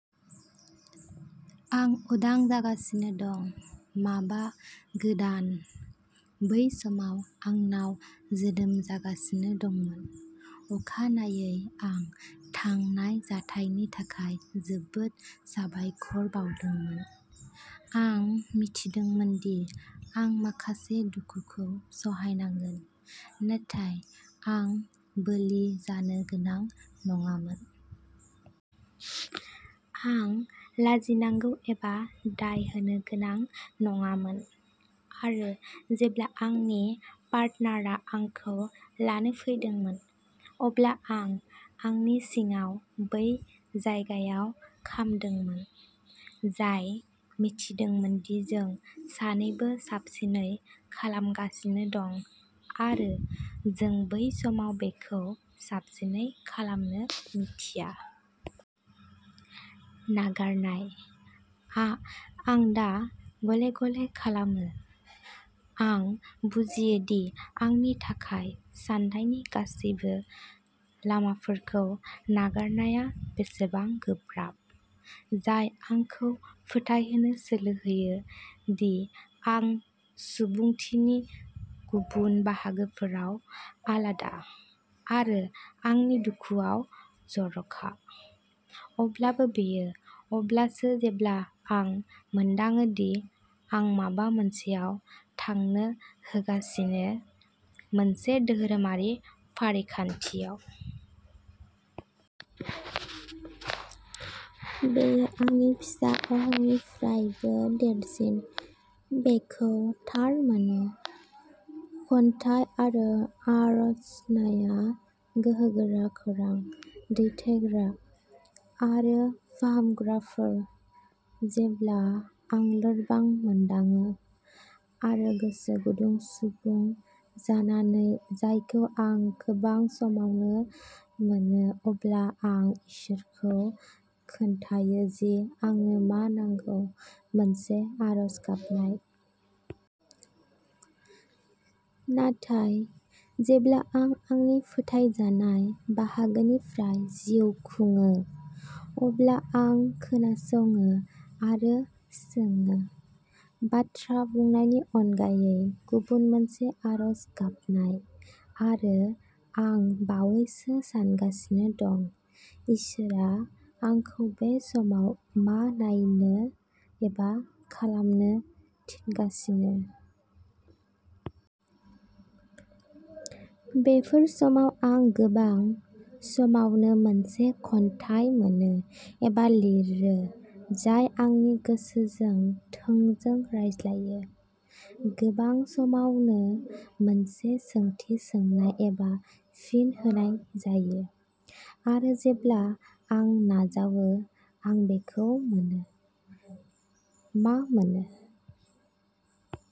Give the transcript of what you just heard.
आं उदां जागासिनो दं। माबा गोदान, बै समाव आंनाव जोदोम जागासिनो दंमोन। अखानायै आं थांनाय जाथाइनि थाखाय जोबोद साबायखर बावदोंमोन। आं मिथिदोंमोन दि आं माखासे, दुखुखौ सहायनांगोन। नाथाय आं बोलि जानो गोनां नङामोन। आं लाजिनांगौ एबा दाय होनो गोनां नङामोन आरो जेब्ला आंनि पार्टनारा आंखौ लानो फैदोंमोन। अब्ला आं आंनि सिङाव बै जायगायाव खामदोंमोन‌। जाय मिथिदोंमोन दि जों सानैबो साबसिनै खालामगासिनो दं आरो जों बै समाव बेखौ साबसिनै खालामनो मिथिया। नागारनायआ आं दा गले गले खालामो। आं बुजियोदि आंनि थाखाय साननायनि गासैबो लामाफोरखौ नागारनाया बेसेबां गोब्राब। जाय आंखौ फोथायहोनो सोलो होयो दि, आं सुबुंथिनि गुबुन बाहागोफोराव आलादा आरो आंनि दुखुआव जर'खा। अब्लाबो बेयो अब्लासो, जेब्ला आं मोनदाङो दि आं माबा मोनसेआव थांनो होगासिनो। मोनसे धोरोमारि फारिखान्थियाव। बेयो आंनि फिसा अहंनिफ्रायबो देरसिन। बेखौ थार मोनो। खन्थाइ आरो आर'जनाया गोहोगोरा खौरां दैथायग्रा आरो फाहामग्राफोर। जेब्ला आं लोरबां मोनदाङो आरो गोसो गुदुं सुबुं जानानै जायखौ आं गोबां समावनो मोनो। अब्ला आं इसोरखौ खोन्थायो जे आंनो मा नांगौ, मोनसे आर'ज गाबनाय। नाथाय जेब्ला आं आंनि फोथायजानाय बाहागोनिफ्राय जिउ खुङो। अब्ला आं खोनासङो आरो सोङो, बाथ्रा बुंनायनि अनगायै गुबुन मोनसे आर'ज गाबनाय आरो आं बावैसो सानगासिनो दं। इसोरआ आंखौ बे समाव मा नायनो एबा खालामनो थिनगासिनो! बेफोर समाव आं गोबां समावनो मोनसे खन्थाइ मोनो एबा लिरो। जाय आंनि गोसोजों थोंजों रायज्लायो। गोबां समावनो मोनसे सोंथि सोंनाय एबा फिन होनाय जायो आरो जेब्ला आं नाजावो, आं बेखौ मोनो। मा मोनो?